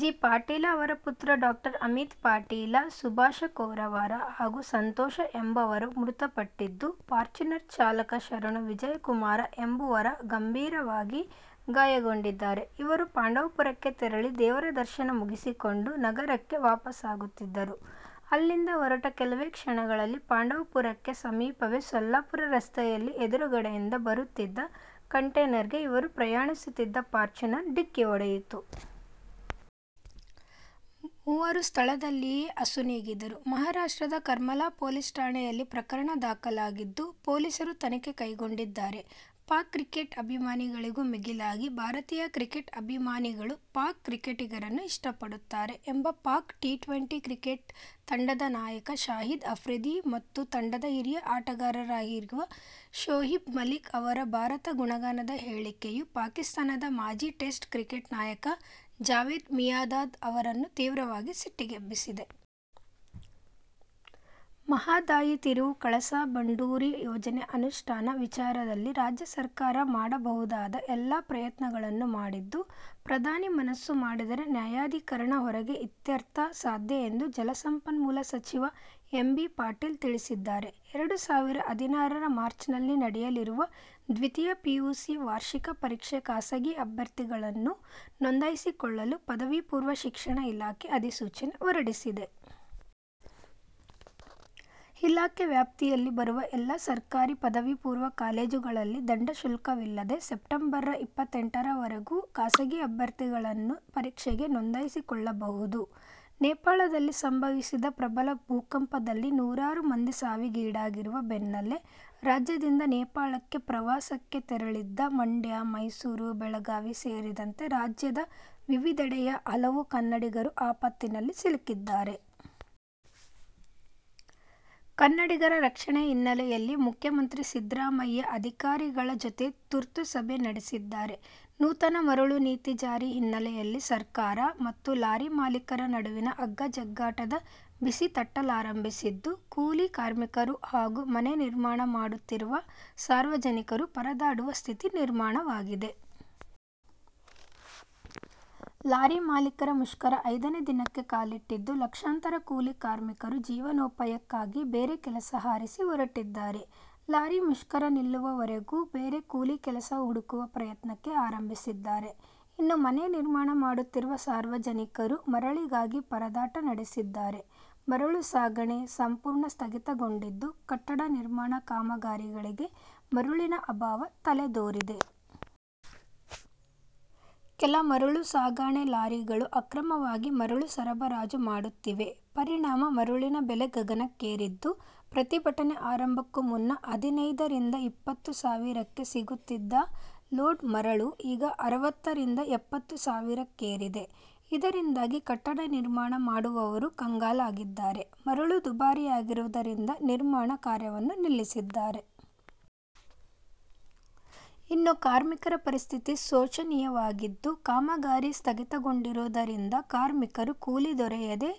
G. Patil ಅವರ ಪುತ್ರ ಡಾ. ಅಮೀತ್ ಪಾಟೀಲ, ಸುಭಾಷ ಕೋರವಾರ ಹಾಗೂ ಸಂತೋಷ ಎಂಬುವರ ಮೃತಪಟ್ಟಿದ್ದು, ಫಾರ್ಚೂನರ್ ಚಾಲಕ ಶರಣು ವಿಜಯಕುಮಾರ ಎಂಬುವರು ಗಂಭೀರವಾಗಿ ಗಾಯಗೊಂಡಿದ್ದಾರೆ. ಇವರು ಪಂಢರಾಪುರಕ್ಕೆ ತೆರಳಿ, ದೇವರ ದರ್ಶನ ಮುಗಿಸಿಕೊಂಡು ನಗರಕ್ಕೆ ವಾಪಸ್ಸಾಗುತ್ತಿದ್ದರು. ಅಲ್ಲಿಂದ ಹೊರಟ ಕೆಲವೇ ಕ್ಷಣಗಳಲ್ಲಿ ಪಂಢರಾಪುರಕ್ಕೆ ಸಮೀಪವೇ ಸೊಲ್ಲಾಪುರ ರಸ್ತೆಯಲ್ಲಿ ಎದುರುಗಡೆಯಿಂದ ಬರುತ್ತಿದ್ದ ಕಂಟೇನರ್ಗೆ ಇವರು ಪ್ರಯಾಣಿಸುತ್ತಿದ್ದ ಫಾರ್ಚೂನರ್ ಡಿಕ್ಕಿ ಹೊಡೆಯಿತು. ಮೂವರೂ ಸ್ಥಳದಲ್ಲಿಯೇ ಅಸುನೀಗಿದರು. ಮಹಾರಾಷ್ಟ್ರದ ಕರ್ಮಲಾ ಪೊಲೀಸ್ ಠಾಣೆಯಲ್ಲಿ ಪ್ರಕರಣ ದಾಖಲಾಗಿದ್ದು, ಪೊಲೀಸರು ತನಿಖೆ ಕೈಗೊಂಡಿದ್ದಾರೆ. ಪಾಕ್ ಕ್ರಿಕೆಟ್ ಅಭಿಮಾನಿಗಳಿಗೂ ಮಿಗಿಲಾಗಿ ಭಾರತೀಯ ಕ್ರಿಕೆಟ್ ಅಭಿಮಾನಿಗಳು ಪಾಕ್ ಕ್ರಿಕೆಟಿಗರನ್ನು ಇಷ್ಟಪಡುತ್ತಾರೆ ಎಂಬ ಪಾಕ್ ಟಿ-ಟ್ವೆಂಟಿ ಕ್ರಿಕೆಟ್ ತಂಡದ ನಾಯಕ ಶಾಹಿದ್ ಆಫ್ರಿದಿ ಮತ್ತು ತಂಡದ ಹಿರಿಯ ಆಟಗಾರರಾಗಿರುವ ಶೋಯಿಬ್ ಮಲಿಕ್ ಅವರ ಭಾರತ ಗುಣಗಾನದ ಹೇಳಿಕೆಯು ಪಾಕಿಸ್ಥಾನದ ಮಾಜಿ ಟೆಸ್ಟ್ ಕ್ರಿಕೆಟ್ ನಾಯಕ ಜಾವೇದ್ ಮಿಯಾದಾದ್ ಅವರನ್ನು ತೀವ್ರವಾಗಿ ಸಿಟ್ಟಿಗೆಬ್ಬಿಸಿದೆ. ಮಹದಾಯಿ ತಿರುವು, ಕಳಸಾ-ಬಂಡೂರಿ ಯೋಜನೆ ಅನುಷ್ಟಾನ ವಿಚಾರದಲ್ಲಿ ರಾಜ್ಯ ಸರ್ಕಾರ ಮಾಡಬಹುದಾದ ಎಲ್ಲ ಪ್ರಯತ್ನಗಳನ್ನೂ ಮಾಡಿದ್ದು ಪ್ರಧಾನಿ ಮನಸ್ಸು ಮಾಡಿದರೆ ನ್ಯಾಯಾಧೀಕರಣದ ಹೊರಗೆ ಇತ್ಯರ್ಥ ಸಾಧ್ಯ ಎಂದು ಜಲಸಂಪನ್ಮೂಲ ಸಚಿವ ಎಂ. ಬಿ. ಪಾಟೀಲ್ ತಿಳಿಸಿದ್ದಾರೆ. ಎರಡು ಸಾವಿರದ ಹದಿನಾರರ ಮಾರ್ಚ್ನಲ್ಲಿ ನಡೆಯಲಿರುವ ದ್ವಿತೀಯ ಪಿಯುಸಿ ವಾರ್ಷಿಕ ಪರೀಕ್ಷೆಗೆ ಖಾಸಗಿ ಅಭ್ಯರ್ಥಿಗಳನ್ನು ನೋಂದಾಯಿಸಿಕೊಳ್ಳಲು ಪದವಿ ಪೂರ್ವ ಶಿಕ್ಷಣ ಇಲಾಖೆ ಅಧಿಸೂಚನೆ ಹೊರಡಿಸಿದೆ. ಇಲಾಖೆ ವ್ಯಾಪ್ತಿಯಲ್ಲಿ ಬರುವ ಎಲ್ಲಾ ಸರ್ಕಾರಿ ಪದವಿ ಪೂರ್ವ ಕಾಲೇಜುಗಳಲ್ಲಿ ದಂಡ ಶುಲ್ಕವಿಲ್ಲದೆ ಸೆಪ್ಟೆಂಬರ್ರ ಇಪ್ಪತೆಂಟರವರೆಗೂ ಖಾಸಗಿ ಅಭ್ಯರ್ಥಿಗಳನ್ನು ಪರೀಕ್ಷೆಗೆ ನೋಂದಾಯಿಸಿಕೊಳ್ಳಬಹುದು. ನೇಪಾಳದಲ್ಲಿ ಸಂಭವಿಸಿದ ಪ್ರಬಲ ಭೂಕಂಪದಲ್ಲಿ ನೂರಾರು ಮಂದಿ ಸಾವಿಗೀಡಾಗಿರುವ ಬೆನ್ನಲ್ಲೇ ರಾಜ್ಯದಿಂದ ನೇಪಾಳಕ್ಕೆ ಪ್ರವಾಸಕ್ಕೆ ತೆರಳಿದ್ದ ಮಂಡ್ಯ, ಮೈಸೂರು, ಬೆಳಗಾವಿ ಸೇರಿದಂತೆ ರಾಜ್ಯದ ವಿವಿಧೆಡೆಯ ಹಲವು ಕನ್ನಡಿಗರು ಆಪತ್ತಿನಲ್ಲಿ ಸಿಲುಕಿದ್ದಾರೆ. ಕನ್ನಡಿಗರ ರಕ್ಷಣೆಯ ಹಿನ್ನೆಲೆಯಲ್ಲಿ ಮುಖ್ಯಮಂತ್ರಿ ಸಿದ್ದರಾಮಯ್ಯ ಅಧಿಕಾರಿಗಳ ಜೊತೆ ತುರ್ತು ಸಭೆ ನಡೆಸಿದ್ದಾರೆ. ನೂತನ ಮರಳು ನೀತಿ ಜಾರಿ ಹಿನ್ನೆಲೆಯಲ್ಲಿ ಸರ್ಕಾರ ಮತ್ತು ಲಾರಿ ಮಾಲೀಕರ ನಡುವಿನ ಹಗ್ಗಾಜಗ್ಗಾಟದ ಬಿಸಿ ತಟ್ಟಲಾರಂಭಿಸಿದ್ದು, ಕೂಲಿ ಕಾರ್ಮಿಕರು ಹಾಗೂ ಮನೆ ನಿರ್ಮಾಣ ಮಾಡುತ್ತಿರುವ ಸಾರ್ವಜನಿಕರು ಪರದಾಡುವ ಸ್ಥಿತಿ ನಿರ್ಮಾಣವಾಗಿದೆ. ಲಾರಿ ಮಾಲೀಕರ ಮುಷ್ಕರ ಐದನೇ ದಿನಕ್ಕೆ ಕಾಲಿಟ್ಟಿದ್ದು, ಲಕ್ಷಾಂತರ ಕೂಲಿ ಕಾರ್ಮಿಕರು ಜೀವನೋಪಾಯಕ್ಕಾಗಿ ಬೇರೆ ಕೆಲಸ ಅರಸಿ ಹೊರಟ್ಟಿದ್ದಾರೆ. ಲಾರಿ ಮುಷ್ಕರ ನಿಲ್ಲುವವರೆಗೂ ಬೇರೆ ಕೂಲಿ ಕೆಲಸ ಹುಡುಕುವ ಪ್ರಯತ್ನಕ್ಕೆ ಆರಂಭಿಸಿದ್ದಾರೆ. ಇನ್ನು ಮನೆ ನಿರ್ಮಾಣ ಮಾಡುತ್ತಿರುವ ಸಾರ್ವಜನಿಕರು ಮರಳಿಗಾಗಿ ಪರದಾಟ ನಡೆಸಿದ್ದಾರೆ. ಮರಳು ಸಾಗಣೆ ಸಂಪೂರ್ಣ ಸ್ಥಗಿತಗೊಂಡಿದ್ದು, ಕಟ್ಟಡ ನಿರ್ಮಾಣ ಕಾಮಗಾರಿಗಳಿಗೆ ಮರಳಿನ ಅಭಾವ ತಲೆದೋರಿದೆ. ಕೆಲ ಮರಳು ಸಾಗಣೆ ಲಾರಿಗಳು ಅಕ್ರಮವಾಗಿ ಮರಳು ಸರಬರಾಜು ಮಾಡುತ್ತಿವೆ. ಪರಿಣಾಮ ಮರಳಿನ ಬೆಲೆ ಗಗನಕ್ಕೇರಿದ್ದು, ಪ್ರತಿಭಟನೆ ಆರಂಭಕ್ಕೂ ಮುನ್ನ ಹದಿನೈದರಿಂದ ಇಪ್ಪತ್ತು ಸಾವಿರಕ್ಕೆ ಸಿಗುತ್ತಿದ್ದ ಲೋಡ್ ಮರಳು ಈಗ ಅರವತ್ತು ರಿಂದ ಎಪ್ಪತ್ತು ಸಾವಿರಕ್ಕೇರಿದೆ. ಇದರಿಂದಾಗಿ ಕಟ್ಟಡ ನಿರ್ಮಾಣ ಮಾಡುವವರು ಕಂಗಾಲಾಗಿದ್ದಾರೆ. ಮರಳು ದುಬಾರಿಯಾಗಿರುವುದರಿಂದ ನಿರ್ಮಾಣ ಕಾರ್ಯವನ್ನು ನಿಲ್ಲಿಸಿದ್ದಾರೆ. ಇನ್ನು ಕಾರ್ಮಿಕರ ಪರಿಸ್ಥಿತಿ ಶೋಚನೀಯವಾಗಿದ್ದು, ಕಾಮಗಾರಿ ಸ್ಥಗಿತಗೊಂಡಿರುವುದರಿಂದ ಕಾರ್ಮಿಕರು ಕೂಲಿ ದೊರೆಯದೆ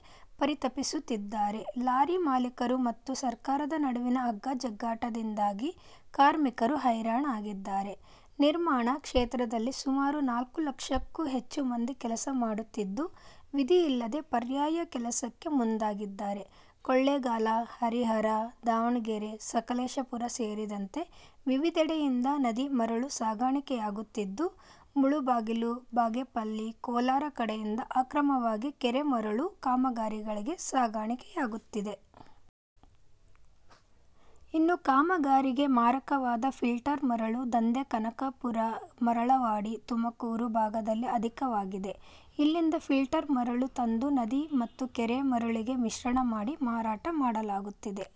ಪರಿತಪಿಸುತ್ತಿದ್ದಾರೆ. ಲಾರಿ ಮಾಲೀಕರು ಮತ್ತು ಸರ್ಕಾರದ ನಡುವಿನ ಹಗ್ಗಾಜಗ್ಗಾಟದಿಂದಾಗಿ ಕಾರ್ಮಿಕರು ಹೈರಾಣಾಗಿದ್ದಾರೆ. ನಿರ್ಮಾಣ ಕ್ಷೇತ್ರದಲ್ಲಿ ಸುಮಾರು ನಾಲ್ಕು ಲಕ್ಷಕ್ಕೂ ಹೆಚ್ಚು ಮಂದಿ ಕೆಲಸ ಮಾಡುತ್ತಿದ್ದು, ವಿಧಿ ಇಲ್ಲದೆ ಪರ್ಯಾಯ ಕೆಲಸಕ್ಕೆ ಮುಂದಾಗಿದ್ದಾರೆ. ಕೊಳ್ಳೇಗಾಲ, ಹರಿಹರ, ದಾವಣಗೆರೆ, ಸಕಲೇಶಪುರ ಸೇರಿದಂತೆ ವಿವಿಧೆಡೆಯಿಂದ ನದಿ ಮರಳು ಸಾಗಾಣಿಕೆಯಾಗುತ್ತಿದ್ದು, ಮುಳಬಾಗಿಲು, ಬಾಗೇಪಲ್ಲಿ, ಕೋಲಾರ ಕಡೆಯಿಂದ ಅಕ್ರಮವಾಗಿ ಕೆರೆ ಮರಳು ಕಾಮಗಾರಿಗಳಿಗೆ ಸಾಗಾಣಿಕೆಯಾಗುತ್ತಿದೆ. ಇನ್ನು ಕಾಮಗಾರಿಗೆ ಮಾರಕವಾದ ಫಿಲ್ಟರ್ ಮರಳು ದಂಧೆ ಕನಕಪುರ, ಮರಳವಾಡಿ, ತುಮಕೂರು ಭಾಗದಲ್ಲಿ ಅಧಿಕವಾಗಿದೆ. ಇಲ್ಲಿಂದ ಫಿಲ್ಟರ್ ಮರಳು ತಂದು ನದಿ ಮತ್ತು ಕೆರೆ ಮರಳಿಗೆ ಮಿಶ್ರಣ ಮಾಡಿ ಮಾರಾಟ ಮಾಡಲಾಗುತ್ತಿದೆ.